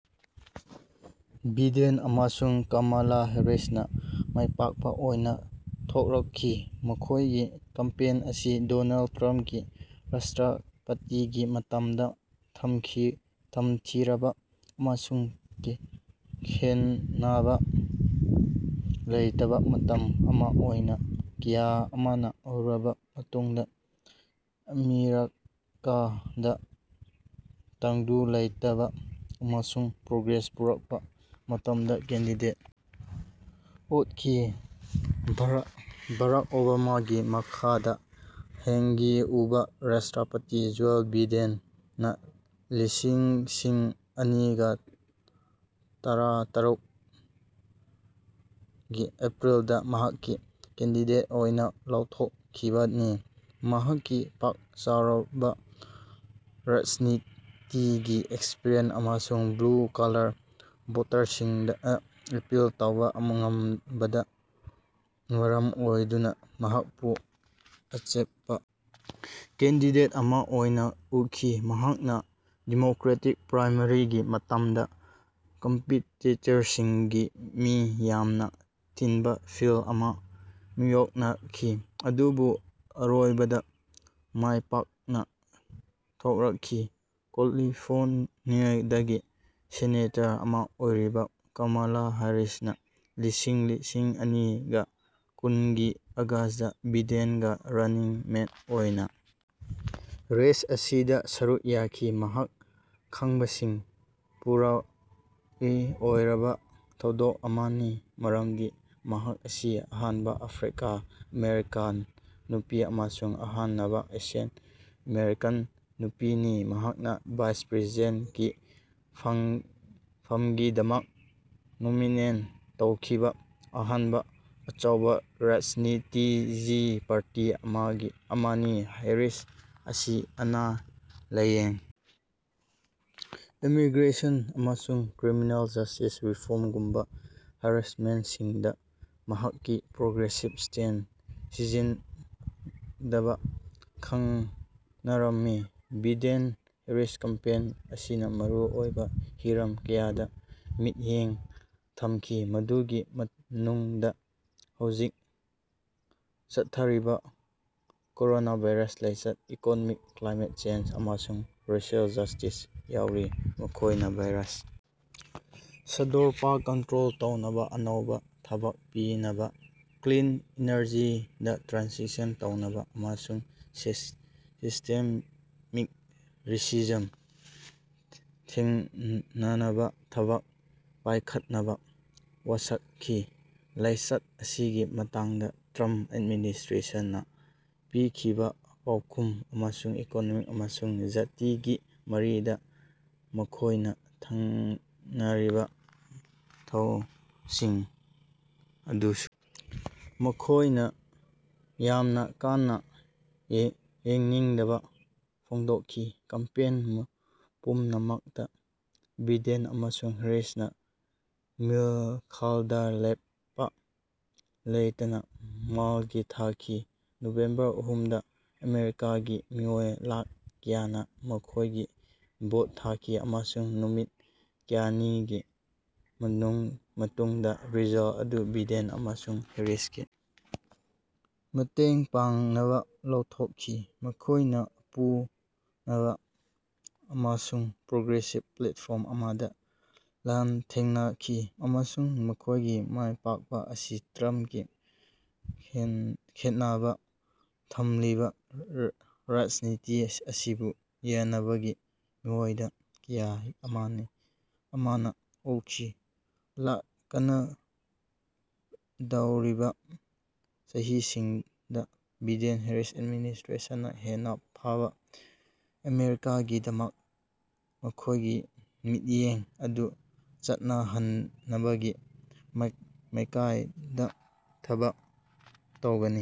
Biden ꯑꯃꯁꯨꯡ ꯀꯃꯂꯥ ꯍ꯭ꯌꯥꯔꯤꯁꯅꯥ ꯃꯥꯏꯄꯥꯀꯄꯥ ꯑꯣꯏꯅꯥ ꯊꯣꯔꯛꯈꯤ꯫ ꯃꯈꯣꯏꯒꯤ ꯀꯦꯝꯄꯦꯟ ꯑꯁꯤ ꯗꯣꯅꯥꯜꯗ ꯇ꯭ꯔꯝꯀꯤ ꯔꯥꯁꯇ꯭ꯔꯥꯄꯇꯤꯒꯤ ꯃꯇꯝꯗꯥ ꯇꯝꯊꯤꯔꯕꯥ ꯑꯃꯁꯨꯡ ꯈꯦꯟꯅꯕꯥ ꯂꯩꯇꯕꯥ ꯃꯇꯝ ꯑꯃꯥ ꯑꯣꯏꯅꯥ ꯀꯌꯥ ꯑꯃꯅꯥ ꯑꯨꯔꯕꯥ ꯃꯇꯨꯡꯗꯥ ꯑꯃꯦꯔꯤꯀꯥꯗꯥ ꯇꯪꯗꯨ ꯂꯩꯇꯥꯕꯥ ꯑꯃꯁꯨꯡ ꯄ꯭ꯔꯣꯒ꯭ꯔꯦꯁ ꯄꯨꯔꯛꯄ ꯃꯇꯝꯗ ꯀꯦꯟꯗꯤꯗꯦꯠ ꯑꯣꯏꯈꯤ꯫ ꯕꯔꯥꯛ ꯑꯣꯕꯥꯃꯥꯒꯤ ꯃꯈꯥꯗꯥ ꯍꯥꯟꯉꯤ ꯑꯨꯞꯄ ꯔꯥꯁꯇ꯭ꯔꯄꯇꯤ ꯖꯣ ꯕꯥꯏꯗꯦꯟꯅꯥ ꯂꯤꯁꯤꯡ ꯑꯅꯤꯒ ꯇꯔ ꯇꯔꯨꯛꯒꯤ ꯑꯦꯄ꯭ꯔꯤꯜꯗꯥ ꯃꯍꯥꯛꯀꯤ ꯀꯦꯟꯗꯤꯗꯦꯠ ꯑꯣꯏꯅꯥ ꯂꯥꯎꯊꯣꯛꯈꯤꯕꯅꯤ, ꯃꯍꯥꯛꯀꯤ ꯄꯥꯛ ꯆꯥꯎꯔꯕꯥ ꯔꯥꯖꯅꯤꯇꯤꯒꯤ ꯑꯦꯛꯁꯄ꯭ꯔꯤꯌꯦꯟꯁ ꯑꯃꯁꯨꯡ ꯕ꯭ꯂꯨ-ꯀꯣꯂꯥꯔ ꯚꯣꯇꯔꯁꯤꯡꯗꯥ ꯑꯄꯤꯜ ꯇꯧꯕꯥ ꯉꯝꯕꯅꯥ ꯃꯔꯝ ꯑꯣꯏꯗꯨꯅꯥ ꯃꯍꯥꯛꯄꯨ ꯑꯆꯦꯠꯄꯥ ꯀꯦꯟꯗꯤꯗꯦꯠ ꯑꯃꯥ ꯑꯣꯏꯅꯥ ꯑꯨꯈꯤ꯫ ꯃꯍꯥꯛꯅꯥ ꯗꯦꯃꯣꯀ꯭ꯔꯦꯇꯤꯛ ꯄ꯭ꯔꯥꯏꯃꯔꯤꯒꯤ ꯃꯇꯝꯗꯥ ꯀꯝꯄꯤꯇꯤꯇꯔꯁꯤꯡꯒꯤ ꯃꯤ ꯌꯥꯝꯅꯥ ꯇꯤꯟꯕꯥ ꯐꯤꯜꯗ ꯑꯃꯥ ꯃꯥꯌꯣꯛꯅꯈꯤ ꯑꯗꯨꯕꯨ ꯑꯔꯣꯏꯕꯗꯥ ꯃꯥꯏꯄꯥꯛꯅꯥ ꯊꯣꯔꯀꯈꯤ꯫ ꯀꯦꯂꯤꯐꯣꯔꯅꯤꯌꯥꯗꯒꯤ ꯁꯦꯅꯦꯇꯔ ꯑꯃꯥ ꯑꯣꯏꯔꯤꯕꯥ ꯀꯃꯂꯥ ꯍ꯭ꯌꯥꯔꯤꯁꯅꯥ ꯂꯤꯁꯤꯡ ꯑꯅꯤꯒ ꯀꯨꯟꯒꯤ ꯑꯣꯒꯁꯇꯥ ꯕꯥꯏꯗꯦꯒ ꯔꯟꯅꯤꯡ ꯃꯦꯠ ꯑꯣꯏꯅꯥ ꯔꯦꯁ ꯑꯁꯤꯗꯥ ꯁꯔꯨꯛ ꯌꯥꯈꯤ꯫ꯃꯍꯥꯛ ꯈꯟꯕꯁꯤ ꯄꯨꯋꯥꯔꯤ ꯑꯣꯏꯔꯕꯥ ꯊꯧꯗꯣꯛ ꯑꯃꯅꯤ, ꯃꯔꯝꯗꯤ ꯃꯍꯥꯛ ꯑꯁꯤ ꯑꯍꯥꯟꯕꯥ ꯑꯐ꯭ꯔꯤꯀꯥ-ꯑꯥꯃꯦꯔꯤꯀꯥꯟ ꯅꯨꯄꯤ ꯑꯃꯁꯨꯡ ꯑꯍꯥꯅꯕꯥ ꯑꯦꯁꯤꯌꯥꯟ-ꯑꯃꯦꯔꯤꯀꯥꯟ ꯅꯨꯄꯤꯅꯤ, ꯃꯍꯥꯛꯅꯥ ꯚꯥꯏꯁ ꯄ꯭ꯔꯦꯁꯤꯗꯦꯟꯇꯀꯤ ꯐꯝꯒꯤꯗꯃꯛ ꯅꯣꯃꯤꯅꯦꯠ ꯇꯧꯈꯤꯕꯥ ꯑꯍꯥꯟꯕꯥ ꯑꯆꯧꯕꯥ ꯔꯥꯖꯅꯤꯇꯤꯒꯤ ꯄꯥꯔꯇꯤ ꯑꯃꯅꯤ꯫ ꯍ꯭ꯌꯥꯔꯤꯁ ꯑꯁꯤ ꯑꯅ-ꯂꯥꯏꯌꯦꯡ, ꯏꯃꯤꯒ꯭ꯔꯦꯁꯟ, ꯑꯃꯁꯨꯡ ꯀ꯭ꯔꯤꯃꯤꯅꯦꯜ ꯖꯨꯁꯇꯤꯁ ꯔꯤꯐꯣꯔꯝꯒꯨꯝꯕꯥ ꯍꯤꯔꯝꯁꯤꯡꯗꯥ ꯃꯍꯥꯛꯀꯤ ꯄ꯭ꯔꯣꯒ꯭ꯔꯦꯁꯤꯚ ꯁ꯭ꯇꯦꯟꯁꯁꯤꯡꯒꯤꯗꯃꯛ ꯈꯡꯅꯔꯝꯃꯤ꯫ ꯕꯥꯏꯗꯦꯟ-ꯍꯔꯤꯁ ꯀꯦꯝꯄꯦꯟ ꯑꯁꯤꯅꯥ ꯃꯔꯨꯑꯣꯏꯕꯥ ꯍꯤꯔꯝ ꯀꯌꯥꯗꯥ ꯃꯤꯠꯌꯦꯡ ꯊꯝꯈꯤ, ꯃꯗꯨꯒꯤ ꯃꯅꯨꯡꯗꯥ ꯍꯧꯖꯤꯛ ꯆꯠꯊꯔꯤꯕꯥ ꯀꯣꯔꯣꯅꯥꯚꯥꯏꯔꯁ ꯂꯥꯏꯆꯠ, ꯏꯀꯣꯅꯣꯃꯤ, ꯀ꯭ꯂꯥꯏꯃꯦꯠ ꯆꯦꯟꯖ, ꯑꯃꯁꯨꯡ ꯔꯦꯁꯤꯑꯦꯜ ꯖꯁꯇꯤꯁ ꯌꯥꯎꯔꯤ꯫ ꯃꯈꯣꯏꯅꯥ ꯚꯥꯏꯔꯁ ꯁꯟꯗꯣꯔꯛꯄꯥ ꯀꯟꯠꯇ꯭ꯔꯣꯜ ꯇꯧꯅꯕꯥ, ꯑꯅꯧꯕꯥ ꯊꯕꯛ ꯄꯤꯅꯕꯥ, ꯀ꯭ꯂꯤꯟ ꯏꯅꯔꯖꯤꯗꯥ ꯇ꯭ꯔꯥꯟꯁꯤꯁꯟ ꯇꯧꯅꯕꯥ, ꯑꯃꯁꯨꯡ ꯁꯤꯁ꯭ꯇꯦꯃꯤꯛ ꯔꯦꯁꯤꯖꯝ ꯊꯦꯡꯅꯅꯕꯥ ꯊꯕꯛ ꯄꯥꯏꯈꯠꯅꯕꯥ ꯋꯥꯁꯀꯈꯤ꯫ ꯂꯥꯏꯆꯠ ꯑꯁꯤꯒꯤ ꯃꯇꯥꯡꯗꯥ ꯇ꯭ꯔꯝ꯭ꯄ ꯑꯦꯗꯃꯤꯅꯤꯁꯇ꯭ꯔꯦꯁꯟꯅꯥ ꯄꯤꯈꯤꯕꯥ ꯄꯥꯎꯈꯨꯝ, ꯑꯃꯁꯨꯡ ꯏꯀꯣꯅꯣꯃꯤ ꯑꯃꯁꯨꯡ ꯖꯥꯇꯤꯒꯤ ꯃꯔꯤꯗꯥ ꯃꯈꯣꯏꯅꯥ ꯊꯦꯡꯅꯔꯤꯕꯥ ꯊꯧꯑꯣꯡꯁꯤꯡ ꯑꯗꯨꯁꯨ ꯃꯈꯣꯏꯅꯥ ꯌꯥꯝꯅꯥ ꯀꯟꯅꯥ ꯌꯥꯅꯤꯡꯗꯕꯥ ꯐꯣꯡꯗꯣꯀꯈꯤ꯫ ꯀꯦꯝꯄꯦꯟ ꯄꯨꯝꯅꯃꯛꯇꯥ ꯕꯥꯏꯗꯦꯟ ꯑꯃꯁꯨꯡ ꯍ꯭ꯌꯥꯔꯤꯁꯅꯥ ꯃꯤꯈꯜꯗꯥ ꯂꯦꯞꯄꯥ ꯂꯩꯇꯅꯥ ꯃꯥꯡꯖꯤꯜ ꯊꯥꯈꯤ꯫ ꯅꯕꯦꯝꯕꯔ ꯑꯍꯨꯝꯗꯥ ꯑꯃꯦꯔꯤꯀꯥꯒꯤ ꯃꯤꯑꯣꯏ ꯂꯥꯈ ꯀꯌꯥꯅꯥ ꯃꯈꯣꯏꯒꯤ ꯚꯣꯠ ꯊꯥꯗꯈꯤ, ꯑꯃꯁꯨꯡ ꯅꯨꯃꯤꯠ ꯀꯌꯥꯅꯤꯒꯤ ꯃꯇꯨꯡꯗꯥ ꯔꯤꯖꯜꯇ ꯑꯗꯨ ꯕꯥꯏꯗꯦꯟ ꯑꯃꯁꯨꯡ ꯍ꯭ꯌꯥꯔꯤꯁꯀꯤ ꯃꯇꯦꯡ ꯄꯥꯡꯅꯕꯥ ꯂꯥꯎꯊꯣꯀꯈꯤ꯫ ꯃꯈꯣꯌꯅꯥ ꯑꯄꯨꯅꯕꯥ ꯑꯃꯁꯨꯡ ꯄ꯭ꯔꯣꯒ꯭ꯔꯦꯁꯀꯤ ꯄ꯭ꯂꯦꯠꯐꯣꯔꯝ ꯑꯃꯗꯥ ꯂꯥꯟꯊꯦꯡꯅꯈꯤ, ꯑꯃꯁꯨꯡ ꯃꯈꯣꯏꯒꯤ ꯃꯥꯏꯄꯥꯛꯄꯥ ꯑꯁꯤ ꯇ꯭ꯔꯝ꯭ꯄꯀꯤ ꯈꯦꯟꯅꯕꯥ ꯊꯝꯂꯤꯕꯥ ꯔꯥꯖꯅꯤꯇꯤ ꯑꯁꯤꯕꯨ ꯌꯥꯗꯕꯒꯤ ꯃꯑꯣꯡꯗꯥ ꯀꯌꯥ ꯑꯃꯅꯥ ꯑꯨꯈꯤ꯫ ꯂꯥꯛꯀꯗꯧꯔꯤꯕꯥ ꯆꯍꯤꯁꯤꯡꯗꯥ ꯕꯥꯏꯗꯦꯟ-ꯍꯦꯔꯤꯁ ꯑꯦꯗꯃꯤꯅꯤꯁꯇ꯭ꯔꯦꯁꯟꯅꯥ ꯍꯦꯟꯅꯥ ꯐꯕꯥ ꯑꯃꯦꯔꯤꯀꯥꯒꯤꯗꯃꯛ ꯃꯈꯣꯏꯒꯤ ꯃꯤꯠꯌꯦꯡ ꯑꯗꯨ ꯆꯠꯅꯍꯟꯅꯕꯒꯤ ꯃꯥꯏꯀꯩꯗꯥ ꯊꯕꯛ ꯇꯧꯒꯅꯤ꯫